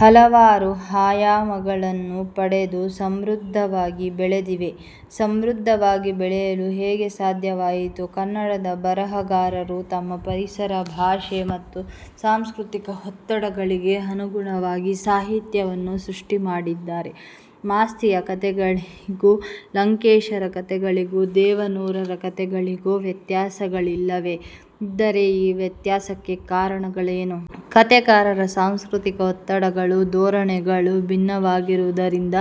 ಹಲವಾರು ಆಯಾಮಗಳನ್ನು ಪಡೆದು ಸಮೃದ್ಧ ವಾಗಿ ಬೆಳೆದಿವೆ. ಸಮೃದ್ಧವಾಗಿ ಬೆಳೆಯಲು ಹೇಗೆ ಸಾಧ್ಯವಾಯಿತು? ಕನ್ನಡದ ಬರಹಗಾರರು ತಮ್ಮ ಪರಿಸರ, ಭಾಷೆ ಮತ್ತು ಸಾಂಸ್ಕೃತಿಕ ಒತ್ತಡಗಳಿಗೆ ಅನುಗುಣವಾಗಿ ಸಾಹಿತ್ಯವನ್ನು ಸೃಷ್ಟಿಮಾಡಿದ್ದಾರೆ. ಮಾಸ್ತಿಯ ಕಥೆಗಳಿಗೂ, ಲಂಕೇಶರ ಕಥೆಗಳಿಗೂ, ದೇವನೂರರ ಕಥೆ ಗಳಿಗೂ ವ್ಯತ್ಯಾಗಳಿಲ್ಲವೇ? ಇದ್ದರೆ ಈ ವ್ಯತ್ಯಾಸಕ್ಕೆ ಕಾರಣಗಳೇನು? ಕಥೆಗಾರರ ಸಾಂಸ್ಕೃತಿಕ ಒತ್ತಡಗಳು, ಧೋರಣೆಗಳು ಭಿನ್ನವಾಗಿರುವುದರಿಂದ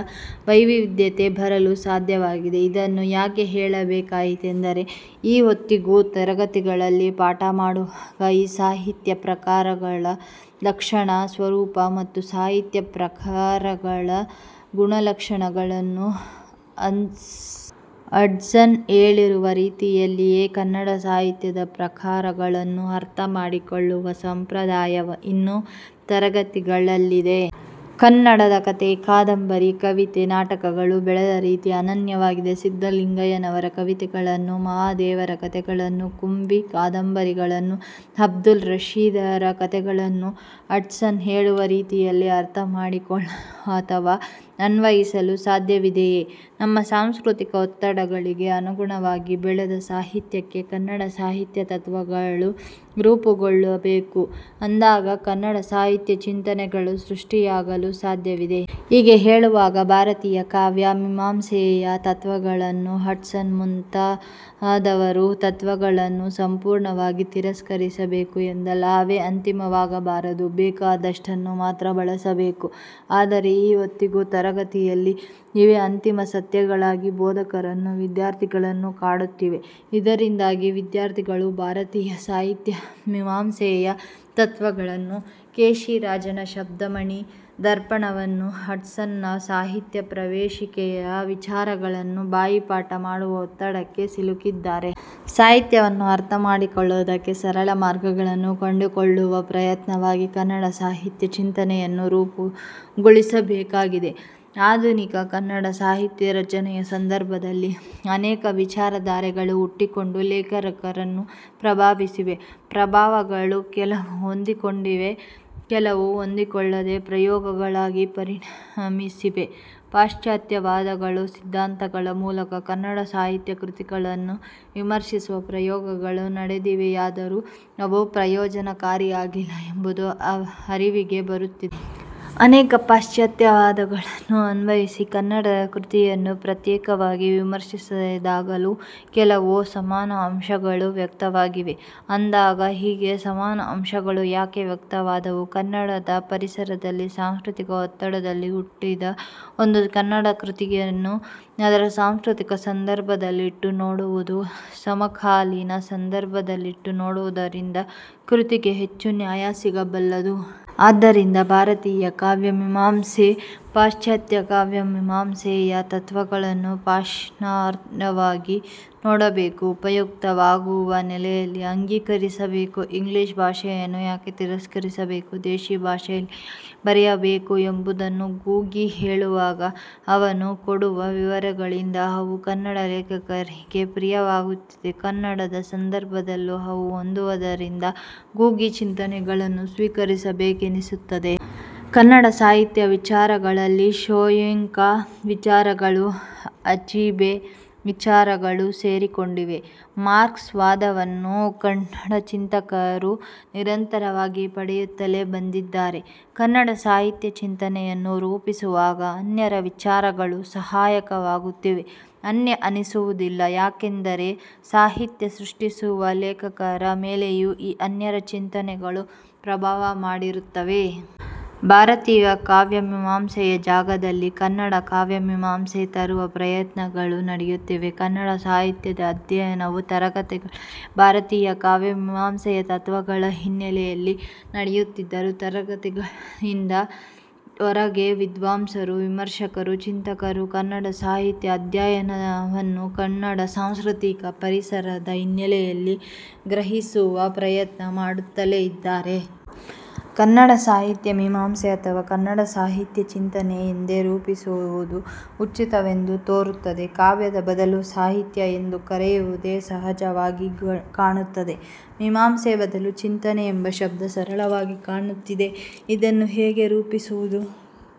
ವೈವಿಧ್ಯತೆ ಬರಲು ಸಾಧ್ಯವಾಗಿದೆ. ಇದನ್ನು ಯಾಕೆ ಹೇಳಬೇಕಾಯಿತೆಂದರೆ ಈ ಹೊತ್ತಿಗೂ ತರಗತಿಗಳಲ್ಲಿ ಪಾಠ ಮಾಡುವಾಗ ಈ ಸಾಹಿತ್ಯ ಪ್ರಕಾರಗಳ ಲಕ್ಷಣ, ಸ್ವರೂಪ ಮತ್ತು ಸಾಹಿತ್ಯ ಪ್ರಕಾರಗಳ ಗುಣಲಕ್ಷಣಗಳನ್ನ ಹಡ್ಸನ್ ಹೇಳಿರುವ ರೀತಿಯಲ್ಲಿಯೇ ಕನ್ನಡ ಸಾಹಿತ್ಯದ ಪ್ರಕಾರಗಳನ್ನು ಅರ್ಥಮಾಡಿ ಕೊಳ್ಳುವ ಸಂಪ್ರದಾಯ ಇನ್ನು ತರಗತಿಗಳಲ್ಲಿದೆ. ಕನ್ನಡದ ಕಥೆ, ಕಾದಂಬರಿ, ಕವಿತೆ, ನಾಟಕಗಳು ಬೆಳೆದ ರೀತಿ ಅನನ್ಯವಾಗಿದೆ. ಸಿದ್ಧಲಿಂಗಯ್ಯ ನವರ ಕವಿತೆಗಳನ್ನು, ಮಹಾದೇವರ ಕಥೆಗಳನ್ನು, ಕುಂವೀ ಕಾದಂಬರಿಗಳನ್ನು, ಅಬ್ದುಲ್ ರಶೀದರ ಕಥೆಗಳನ್ನು ಹಡ್ಸನ್ ಹೇಳುವ ರೀತಿಯಲ್ಲಿ ಅರ್ಥಮಾಡಿಕೊಳ್ಳಲು ಅಥವಾ ಅನ್ವಯಿಸಲು ಸಾಧ್ಯವಿದೆಯೇ? ನಮ್ಮ ಸಾಂಸ್ಕೃತಿಕ ಒತ್ತಡಗಳಿಗೆ ಅನುಗುಣವಾಗಿ ಬೆಳೆದ ಸಾಹಿತ್ಯಕ್ಕೆ ಕನ್ನಡ ಸಾಹಿತ್ಯ ತತ್ವಗಳು ರೂಪುಗೊಳ್ಳಬೇಕು ಅಂದಾಗ ಕನ್ನಡ ಸಾಹಿತ್ಯ ಚಿಂತನೆಗಳು ಸೃಷ್ಟಿಯಾಗಲು ಸಾಧ್ಯವಿದೆ. ಹೀಗೆ ಹೇಳುವಾಗ ಭಾರತೀಯ ಕಾವ್ಯ ಮೀಮಾಂಸೆಯ ತತ್ವಗಳನ್ನು, ಹಡ್ಸನ್ ಮುಂತಾ ದವರ ತತ್ವಗಳನ್ನು ಸಂಪೂರ್ಣವಾಗಿ ತಿರಸ್ಕರಿಸಬೇಕು ಎಂದಲ್ಲ. ಅವೇ ಅಂತಿಮ ವಾಗಬಾರದು. ಬೇಕಾದಷ್ಟನ್ನು ಮಾತ್ರ ಬಳಸಬೇಕು. ಆದರೆ ಈ ಹೊತ್ತಿಗೂ ತರಗತಿಯಲ್ಲಿ ಇವೇ ಅಂತಿಮ ಸತ್ಯಗಳಾಗಿ ಬೋಧಕರನ್ನು, ವಿದ್ಯಾರ್ಥಿಗಳನ್ನು ಕಾಡುತ್ತಿವೆ. ಇದರಿಂದಾಗಿ ವಿದ್ಯಾರ್ಥಿಗಳು ಭಾರತೀಯ ಸಾಹಿತ್ಯ ಮೀಮಾಂಸೆಯ ತತ್ವಗಳನ್ನು, ಕೇಶಿರಾಜನ ಶಬ್ದಮಣಿ ದರ್ಪಣವನ್ನು ಹಡ್ಸನ್ನ ಸಾಹಿತ್ಯ ಪ್ರವೇಶಿಕೆಯ ವಿಚಾರಗಳನ್ನು ಬಾಯಿಪಾಠ ಮಾಡುವ ಒತ್ತಡಕ್ಕೆ ಸಿಲುಕಿದ್ದಾರೆ. ಸಾಹಿತ್ಯವನ್ನು ಅರ್ಥಮಾಡಿಕೊಳ್ಳುವುದಕ್ಕೆ ಸರಳ ಮಾರ್ಗಗಳನ್ನು ಕಂಡುಕೊಳ್ಳುವ ಪ್ರಯತ್ನವಾಗಿ ಕನ್ನಡ ಸಾಹಿತ್ಯ ಚಿಂತನೆಯನ್ನು ರೂಪುಗೊಳಿಸಬೇಕಾಗಿದೆ. ಆಧುನಿಕ ಕನ್ನಡ ಸಾಹಿತ್ಯ ರಚನೆಯ ಸಂದರ್ಭದಲ್ಲಿ ಅನೇಕ ವಿಚಾರ ಧಾರೆಗಳು ಹುಟ್ಟಿ ಕೊಂಡು ಲೇಖಕರನ್ನು ಪ್ರಭಾವಿಸಿವೆ. ಪ್ರಭಾವಗಳು ಕೆಲವು ಹೊಂದಿಕೊಂಡಿವೆ. ಕೆಲವು ಹೊಂದಿಕೊಳ್ಳದೇ ಪ್ರಯೋಗಗಳಾಗಿ ಪರಿಣಮಿಸಿವೆ. ಪಾಶ್ಚಾತ್ಯ ವಾದಗಳು, ಸಿದ್ಧಾಂತಗಳ ಮೂಲಕ ಕನ್ನಡ ಸಾಹಿತ್ಯ ಕೃತಿಗಳನ್ನು ವಿಮರ್ಶಿಸುವ ಪ್ರಯೋಗಗಳು ನಡೆದಿವೆಯಾದರೂ ಅವು ಪ್ರಯೋಜನಕಾರಿಯಾಗಿಲ್ಲ ಎಂಬುದು ಅರಿವಿಗೆ ಬರುತ್ತಿದೆ. ಅನೇಕ ಪಾಶ್ಚಾತ್ಯವಾದ ಗಳನ್ನು ಅನ್ವಯಿಸಿ ಕನ್ನಡದ ಕೃತಿಯನ್ನು ಪ್ರತ್ಯೇಕವಾಗಿ ವಿಮರ್ಶಿಸಿದಾಗಲೂ ಕೆಲವು ಸಮಾನ ಅಂಶಗಳು ವ್ಯಕ್ತವಾಗಿವೆ. ಅಂದಾಗ ಹೀಗೆ ಸಮಾನ ಅಂಶಗಳು ಯಾಕೆ ವ್ಯಕ್ತವಾದವು? ಕನ್ನಡದ ಪರಿಸರದಲ್ಲಿ, ಸಾಂಸ್ಕೃತಿಕ ಒತ್ತಡದಲ್ಲಿ ಹುಟ್ಟಿದ ಒಂದು ಕನ್ನಡ ಕೃತಿಯನ್ನು ಅದರ ಸಾಂಸ್ಕೃತಿಕ ಸಂದರ್ಭದಲ್ಲಿಟ್ಟು ನೋಡುವುದು, ಸಮಕಾಲೀನ ಸಂದರ್ಭದಲ್ಲಿಟ್ಟು ನೋಡುವುದರಿಂದ ಕೃತಿಗೆ ಹೆಚ್ಚು ನ್ಯಾಯ ಸಿಗಬಲ್ಲದು. ಆದ್ದರಿಂದ ಭಾರತೀಯ ಕಾವ್ಯ ಮಿಮಾಂಸೆ, ಪಾಶ್ಚಾತ್ಯ ಕಾವ್ಯ ಮಿಮಾಂಸೆಯ ತತ್ವಗಳನ್ನು ಪ್ರಶ್ನಾರ್ಹವಾಗಿ ನೋಡಬೇಕು. ಉಪಯುಕ್ತವಾಗುವ ನೆಲೆಯಲ್ಲಿ ಅಂಗೀಕರಿಸಬೇಕು. ಇಂಗ್ಲಿಶ್ ಭಾಷೆಯನ್ನು ಯಾಕೆ ತಿರಸ್ಕರಿಸಬೇಕು? ದೇಶಿ ಭಾಷೆಯಲ್ಲೇ ಯಾಕೆ ಬರೆಯಬೇಕು ಎಂಬುದನ್ನು ಗೂಗಿ ಹೇಳು ವಾಗ, ಅವನು ಕೊಡುವ ವಿವರಗಳಿಂದ ಅವು ಕನ್ನಡ ಲೇಖಕರಿಗೆ ಪ್ರಿಯವಾಗುತ್ತಿದೆ. ಕನ್ನಡದ ಸಂದರ್ಭದಲ್ಲೂ ಅವು ಹೊಂದುವದರಿಂದ ಗೂಗಿ ಚಿಂತನೆಗಳನ್ನು ಸ್ವೀಕರಿಸಬೇಕೆನಿಸುತ್ತದೆ. ಕನ್ನಡ ಸಾಹಿತ್ಯ ವಿಚಾರಗಳಲ್ಲಿ ಶೋಯೆಂಕಾ ವಿಚಾರಗಳು, ಅಚಿಬೆ ವಿಚಾರಗಳು ಸೇರಿ ಕೊಂಡಿವೆ. ಮಾರ್ಕ್ ಸ್ವಾದವನ್ನು ಕನ್ನಡ ಚಿಂತಕರು ನಿರಂತರವಾಗಿ ಪಡೆಯುತ್ತಲೇ ಬಂದಿ ದ್ದಾರೆ. ಕನ್ನಡ ಸಾಹಿತ್ಯ ಚಿಂತನೆಯನ್ನು ರೂಪಿಸುವಾಗ ಅನ್ಯರ ವಿಚಾರಗಳು ಸಹಾಯಕ ವಾಗುತ್ತಿವೆ. 'ಅನ್ಯ' ಅನ್ನಿಸುವುದಿಲ್ಲ. ಯಾಕೆಂದರೆ ಸಾಹಿತ್ಯ ಸೃಷ್ಟಿಸುವ ಲೇಖಕರ ಮೇಲೆಯೂ ಈ ಅನ್ಯರ ಚಿಂತನೆಗಳು ಪ್ರಭಾವ ಮಾಡಿರುತ್ತವೆ. 'ಭಾರತೀಯ ಕಾವ್ಯ ಮೀಮಾಂಸೆ'ಯ ಜಾಗದಲ್ಲಿ 'ಕನ್ನಡ ಕಾವ್ಯ ಮೀಮಾಂಸೆ' ತರುವ ಪ್ರಯತ್ನಗಳು ನಡೆಯುತ್ತಿವೆ. ಕನ್ನಡ ಸಾಹಿತ್ಯದ ಅಧ್ಯಯನವು ತರಗತಿಗಳಲ್ಲಿ ಭಾರತೀಯ ಕಾವ್ಯ ಮೀಮಾಂಸೆಯ ತತ್ವಗಳ ಹಿನ್ನೆಲೆಯಲ್ಲಿ ನಡೆಯುತ್ತಿದ್ದರೂ, ತರಗತಿಯಿಂದ ಹೊರಗೆ ವಿದ್ವಾಂಸರು, ವಿಮರ್ಶಕರು, ಚಿಂತಕರು ಕನ್ನಡ ಸಾಹಿತ್ಯ ಅಧ್ಯಯನವನ್ನು ಕನ್ನಡ ಸಾಂಸ್ಕೃತಿಕ ಪರಿಸರದ ಹಿನ್ನೆಲೆಯಲ್ಲಿ ಗ್ರಹಿಸುವ ಪ್ರಯತ್ನ ಮಾಡುತ್ತಲೇ ಇದ್ದಾರೆ. 'ಕನ್ನಡ ಸಾಹಿತ್ಯ ಮೀಮಾಂಸೆ' ಅಥವಾ 'ಕನ್ನಡ ಸಾಹಿತ್ಯ ಚಿಂತನೆ' ಎಂದೇ ರೂಪಿಸುವುದು ಉಚಿತವೆಂದು ತೋರುತ್ತದೆ. 'ಕಾವ್ಯದ' ಬದಲು 'ಸಾಹಿತ್ಯ' ಎಂದು ಕರೆಯುವುದೇ ಸಹಜವಾಗಿ ಕಾಣುತ್ತದೆ. 'ಮೀಮಾಂಸೆ' ಬದಲು 'ಚಿಂತನೆ' ಎಂಬ ಶಬ್ದ ಸರಳವಾಗಿ ಕಾಣುತ್ತಿದೆ. ಇದನ್ನು ಹೇಗೆ ರೂಪಿಸುವುದು?